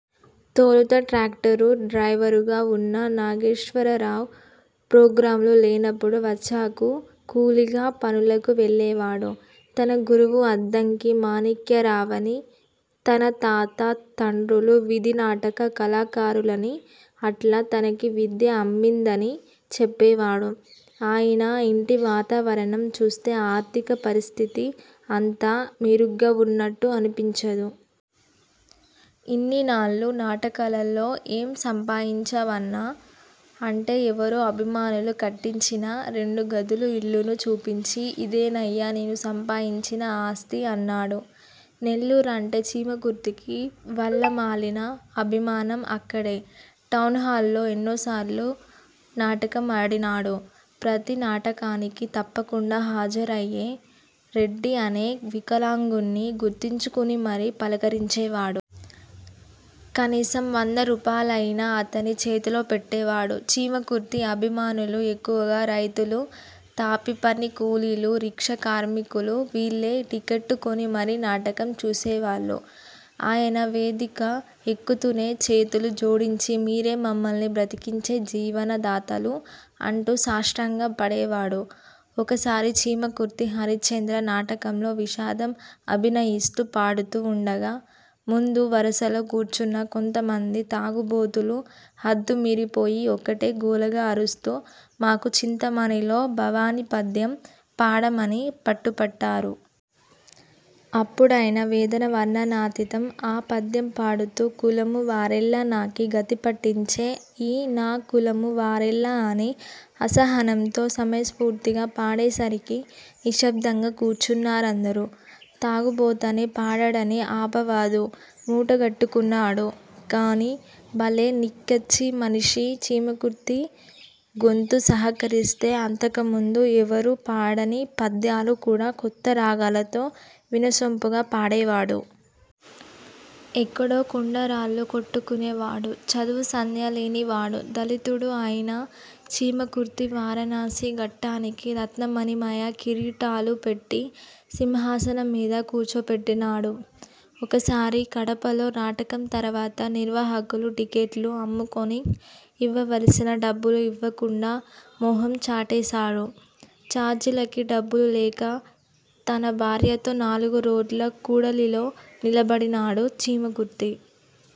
తోలుత tractor డ్రైవరుగా వున్న నాగేశ్వర్రావ్ ప్రోగ్రాములు లేనపుడు వచ్చాకు కూలీగా పనులకు వెళ్ళేవాడు. తన గురువు అద్దంకి మాణిక్యరావనీ; తన తాత, తండ్రులు వీధినాటక కళాకారులని అట్లా తనకీ విద్య అబిందనీ చెప్పేవాడు. ఆయన యింటి వాతావరణం చూస్తే ఆర్థిక పరిస్థితి అంత మెరుగ్గా వున్నట్టు అనిపించదు. 'ఇన్నినాళ్లు నాటకాలల్లో ఏం సంపాయించావన్నా! ' అంటే, ఎవరో అభిమానులు కట్టించిన రెండు గదులు ఇల్లును చూపించి 'ఇదేనయ్యా! నేను సంపాయించిన ఆస్తి' అన్నాడు. నెల్లూరంటే చీమకుర్తికి వల్లమాలిన అభిమానం. అక్కడే టౌన్హాల్లో ఎన్నోసార్లు నాటకం ఆడినాడు. ప్రతి నాటకానికీ తప్పకుండా హాజరయ్యే 'రెడ్డి' అనే వికలాంగుణ్ణి గుర్తుంచుకునిమరీ పలకరించేవాడ్. కనీసం వందరూపాలయినా అతని చేతిలో పెట్టేవాడు. చీమకుర్తి అభిమానులు ఎక్కువగా రైతులు, తాపీపని కూలీలు, రిక్ష కార్మికులు వీళ్ళే టిక్కెట్టు కొని మరీ నాటకం చూసేవాళ్ళు. ఆయన వేదిక ఎక్కుతూనే చేతులు జోడించి 'మీరే మమ్మల్ని బ్రతికించే జీవన దాతలు' అంటూ సాష్టాంగం పడేవాడు. ఒకసారి చీమకుర్తి హరిశ్చంద్ర నాటకంలో విషాదం అభినయిస్తూ పాడుతూ వుండగా ముందు వరుసలో కూర్చున్న కొంతమంది తాగుబోతులు హద్దు మీరిపోయి ఒకటే గోలగా అరుస్తూ 'మాకు చింతమణిలో భవాని పద్యం పాడ'మని పట్టుపట్టారు. అప్పుడాయన వేదన వర్ణనాతీతం. ఆ పద్యం పాడుతూ 'కులము వారెల్ల నాకీ గతి పట్టించే ఈ నా కులము వారెల్ల' అని అసహనంతో సమయస్ఫూర్తిగా పాడేసరికి నిశ్శబ్దంగా కూర్చున్నారందరూ. తాగుబోతని, పాడడని ఆపవాదు మూటగట్టుకున్నాడు గానీ, బలే నిక్కచ్చి మనిషి చీమకుర్తి. గొంతు సహకరిస్తే అంతకుముందు ఎవరూ పాడని పద్యాలు కూడా కొత్త రాగాలతో వినసొంపుగా పాడేవాడు. ఎక్కడో కొండరాళ్ళు కొట్టుకునే వాడు, చదువూసంధ్యాలేని వాడు, దళితుడూ అయిన చీమకుర్తి వారణాసి ఘట్టానికి రత్నమణిమయ కిరీటాలు పెట్టి సింహాసనం మీద కూర్చోపెట్టినాడు. ఒకసారి కడపలో నాటకం తర్వాత నిర్వహకులు టిక్కెట్లు అమ్ముకొని ఇవ్వవలసిన డబ్బులు ఇవ్వకుండా మొహం చాటేశారు. చార్జీలకి డబ్బులు లేక తన భార్యతో నాలుగు రోడ్ల కూడలిలో నిలబడినాడు చీమకుర్తి.